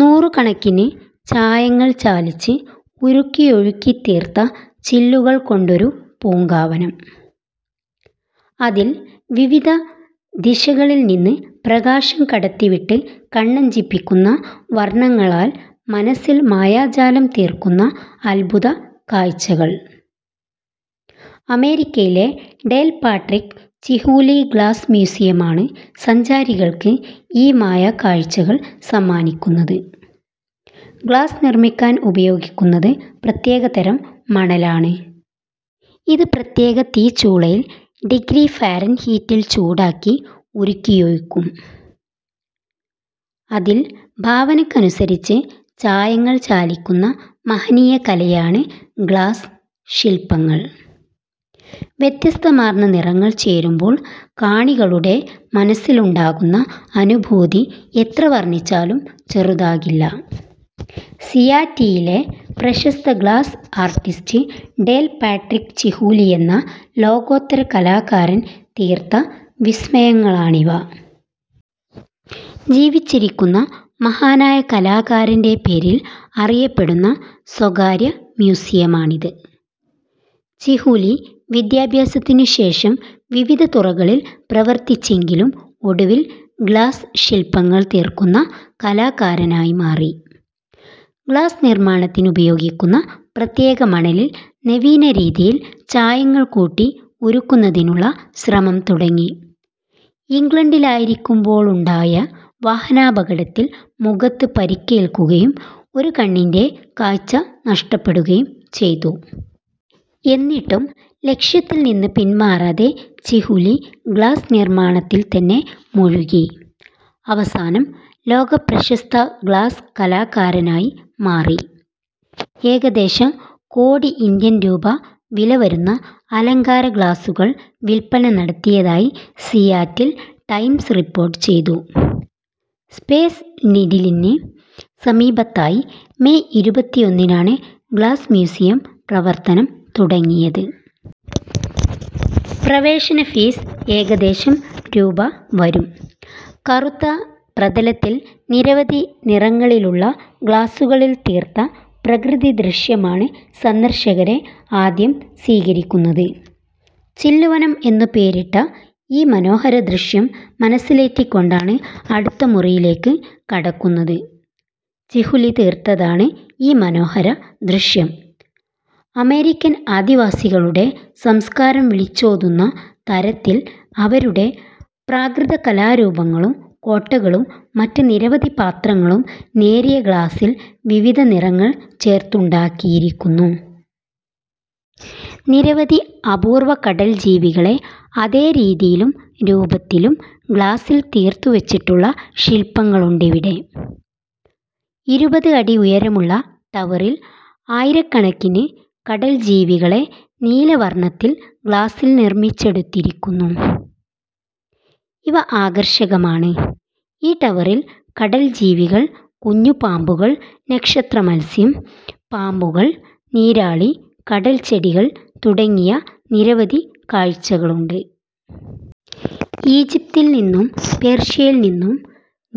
നൂറുകണക്കിന് ചായങ്ങൾ ചാലിച്ച് ഉരുക്കിയൊഴുക്കിത്തീർത്ത ചില്ലുകൾ കൊണ്ടൊരു പൂങ്കാവനം. അതിൽ വിവിധ ദിശകളിൽ നിന്ന് പ്രകാശം കടത്തിവിട്ട് കണ്ണഞ്ചിപ്പിക്കുന്ന വർണങ്ങളാൽ മനസിൽ മായാജാലം തീർക്കുന്ന അത്ഭുതക്കാഴ്ചകൾ. അമേരിക്കയിലെ ഡേൽ പാട്രിക് ചിഹുലി ഗ്ലാസ് മ്യൂസിയമാണ് സഞ്ചാരികൾക്ക് ഈ മായക്കാഴ്ചകൾ സമ്മാനിക്കുന്നത്. ഗ്ലാസ് നിർമിക്കാൻ ഉപയോഗിക്കുന്നത് പ്രത്യേകതരം മണലാണ്. ഇത് പ്രത്യേക തീച്ചൂളയിൽ ഡിഗ്രി ഫാരെൻഹീറ്റിൽ ചൂടാക്കി ഉരുക്കിയൊഴിക്കും. അതിൽ ഭാവനയ്ക്കനുസരിച്ച് ചായങ്ങൾ ചാലിക്കുന്ന മഹനീയ കലയാണ് ഗ്ലാസ് ശില്പങ്ങൽ. വ്യത്യസ്തമാർന്ന നിറങ്ങൾ ചേരുമ്പോൾ കാണികളുടെ മനസിലുണ്ടാകുന്ന അനുഭൂതി എത്ര വർണിച്ചാലും ചെറുതാകില്ല. സിയാറ്റിലിലെ പ്രശസ്ത ഗ്ലാസ് ആർടിസ്റ്റ് ഡേൽ പാട്രിക് ചിഹുലിയെന്ന ലോകോത്തര കലാകാരൻ തീർത്ത വിസ്മയങ്ങളാണിവ. ജീവിച്ചിരിക്കുന്ന മഹാനായ കലാകാരന്റെ പേരിൽ അറിയപ്പെടുന്ന സ്വകാര്യ മ്യൂസിയമാണിത്. ചിഹുലി വിദ്യാഭ്യാസത്തിനുശേഷം വിവിധ തുറകളിൽ പ്രവർത്തിച്ചെങ്കിലും ഒടുവിൽ ഗ്ലാസ് ശില്പങ്ങൾ തീർക്കുന്ന കലാകാരനായി മാറി. ഗ്ലാസ്നിർമാണത്തിന് ഉപയോഗിക്കുന്ന പ്രത്യേക മണലിൽ നവീനരീതിയിൽ ചായങ്ങൾ കൂട്ടി ഉരുക്കുന്നതിനുള്ള ശ്രമം തുടങ്ങി. ഇംഗ്ലണ്ടിലായിരിക്കുമ്പോളുണ്ടായ വാഹനാപകടത്തിൽ മുഖത്ത് പരിക്കേൽക്കുകയും ഒരു കണ്ണിന്റെ കാഴ്ച നഷ്ടപ്പെടുകയും ചെയ്തു. എന്നിട്ടും ലക്ഷ്യത്തിൽ നിന്ന് പിന്മാറാതെ ചിഹുലി ഗ്ലാസ് നിർമാണത്തിൽ തന്നെ മുഴുകി. അവസാനം ലോകപ്രശസ്ത ഗ്ലാസ് കലാകാരനായി മാറി. ഏകദേശം കോടി ഇന്ത്യൻ രൂപ വിലവരുന്ന അലങ്കാര ഗ്ലാസുകൾ വില്പന നടത്തിയതായി സിയാറ്റിൽ ടൈംസ് റിപ്പോർട്ട് ചെയ്തു. സ്പേസ് നിഡിലിന് സമീപത്തായി മേയ് ഇരുപത്തിഒന്നിനാണ് ഗ്ലാസ് മ്യൂസിയം പ്രവർത്തനം തുടങ്ങിയത്. പ്രവേശന ഫീസ് ഏകദേശം രൂപ വരും. കറുത്ത പ്രതലത്തിൽ നിരവധി നിറങ്ങളിലുള്ള ഗ്ലാസുകളിൽ തീര്ത്ത പ്രകൃതിദൃശ്യമാണ് സന്ദർശകരെ ആദ്യം സ്വീകരിക്കുന്നത്. ചില്ലുവനം എന്നുപേരിട്ട ഈ മനോഹരദൃശ്യം മനസിലേറ്റിക്കൊണ്ടാണ് അടുത്ത മുറിയിലേക്ക് കടക്കുന്നത്. ചിഹുലി തീർത്തതാണ് ഈ മനോഹര ദൃശ്യം. അമേരിക്കൻ ആദിവാസികളുടെ സംസ്കാരം വിളിച്ചോതുന്ന തരത്തിൽ അവരുടെ പ്രാകൃതകലാരൂപങ്ങളും കൊട്ടകളും മറ്റ് നിരവധി പാത്രങ്ങളും നേരിയ ഗ്ലാസിൽ വിവിധ നിറങ്ങൾ ചേർത്തുണ്ടാക്കിയിരിക്കുന്നു. നിരവധി അപൂർവ്വ കടൽ ജീവികളെ അതേരീതിയിലുംരൂപത്തിലും ഗ്ലാസിൽ തീർത്തുവെച്ചിട്ടുള്ള ശില്പങ്ങളുണ്ടിവിടെ. ഇരുപത് അടി ഉയരമുള്ള ടവറിൽ ആയിരക്കണക്കിന് കടൽ ജീവികളെ നീലവർണ്ണത്തിൽ ഗ്ലാസിൽ നിർമിച്ചെടുത്തിരിക്കുന്നു. ഇവ ആകർഷകമാണ്. ഈ ടവറിൽ കടൽ ജീവികൾ, കുഞ്ഞുപാമ്പുകൾ, നക്ഷത്ര മത്സ്യം, പാമ്പുകൾ, നീരാളി, കടൽച്ചെടികൾ തുടങ്ങിയ നിരവധി കാഴ്ചകളുണ്ട്. ഈജിപ്തിൽ നിന്നും പേർഷ്യയിൽനിന്നും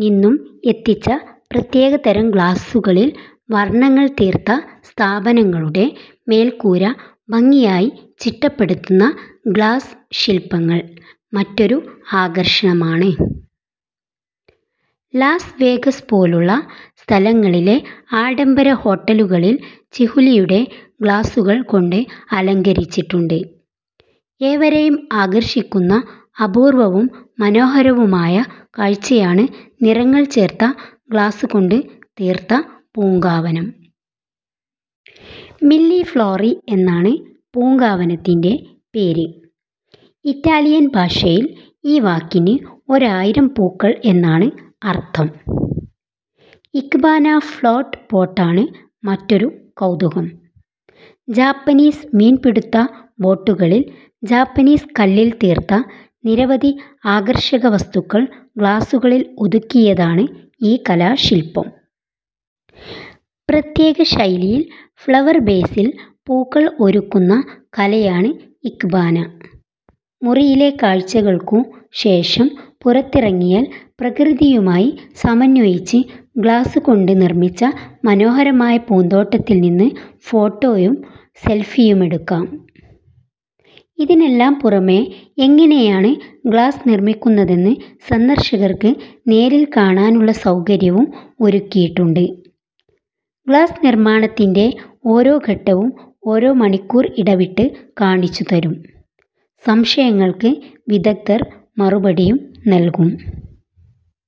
നിന്നും എത്തിച്ച പ്രത്യേകതരം ഗ്ലാസുകളിൽ വർണ്ണങ്ങൾ തീർത്ത സ്ഥാപനങ്ങളുടെ മേൽക്കൂര ഭംഗിയായി ചിട്ടപ്പെടുത്തുന്ന ഗ്ലാസ് ശില്പങ്ങൾ മറ്റൊരു ആകർഷണമാണ്. ലാസ് വേഗസ് പോലുള്ള സ്ഥലങ്ങളിലെ ആഡംബര ഹോട്ടലുകളിൽ ചിഹുലിയുടെ ഗ്ലാസുകൾ കൊണ്ട് അലങ്കരിച്ചിട്ടുണ്ട്. ഏവരേയും ആകർശിക്കുന്ന അപൂർവ്വവും മനോഹരവുമായ കാഴ്ചയാണ് നിറങ്ങൾ ചേർത്ത ഗ്ലാസുകൊണ്ട് തീർത്ത പൂങ്കാവനം. മില്ലി ഫ്ലോറി എന്നാണ് പൂങ്കാവനത്തിന്റെ പേര്. ഇറ്റാലിയൻ ഭാഷയിൽ ഈ വാക്കിന് ഒരായിരം പൂക്കൾ എന്നാണ് അർത്ഥം. ഇക്ബാന ഫ്ളോട്ട് ബോട്ടാണ് മറ്റൊരു കൗതുകം. ജാപ്പനീസ് മീൻപിടുത്ത ബോട്ടുകളിൽ, ജാപ്പനീസ് കല്ലിൽ തീർത്ത നിരവധി ആകർഷക വസ്തുക്കൾ ഗ്ലാസുകളിൽ ഒരുക്കിയതാണ് ഈ കലാശില്പം. പ്രത്യേകശൈലിയിൽ ഫ്ളവർ ബേസിൽ പൂക്കൾ ഒരുക്കുന്ന കലയാണ് ഇക്ബാന. മുറിയിലെ കാഴ്ചകൾക്കു ശേഷം പുറത്തിറങ്ങിയാൽ പ്രകൃതിയുമായി സമന്വയിച്ച് ഗ്ലാസുകൊണ്ട് നിർമ്മിച്ച മനോഹരമായ പൂന്തോട്ടത്തിൽ നിന്ന് ഫോട്ടോയും സെൽഫിയുമെടുക്കാം. ഇതിനെല്ലാം പുറമേ എങ്ങനെയാണ് ഗ്ലാസ് നിർമിക്കുന്നതെന്ന് സന്ദര്ശകർക്ക് നേരിൽ കാണാനുള്ള സൗകര്യവും ഒരുക്കിയിട്ടുണ്ട്. ഗ്ലാസ് നിർമ്മാണത്തിന്റെ ഓരോ ഘട്ടവും ഓരോ മണിക്കൂർ ഇടവിട്ട് കാണിച്ചുതരും. സംശയങ്ങൾക്ക് വിദഗ്ധർ മറുപടിയും നൽകും.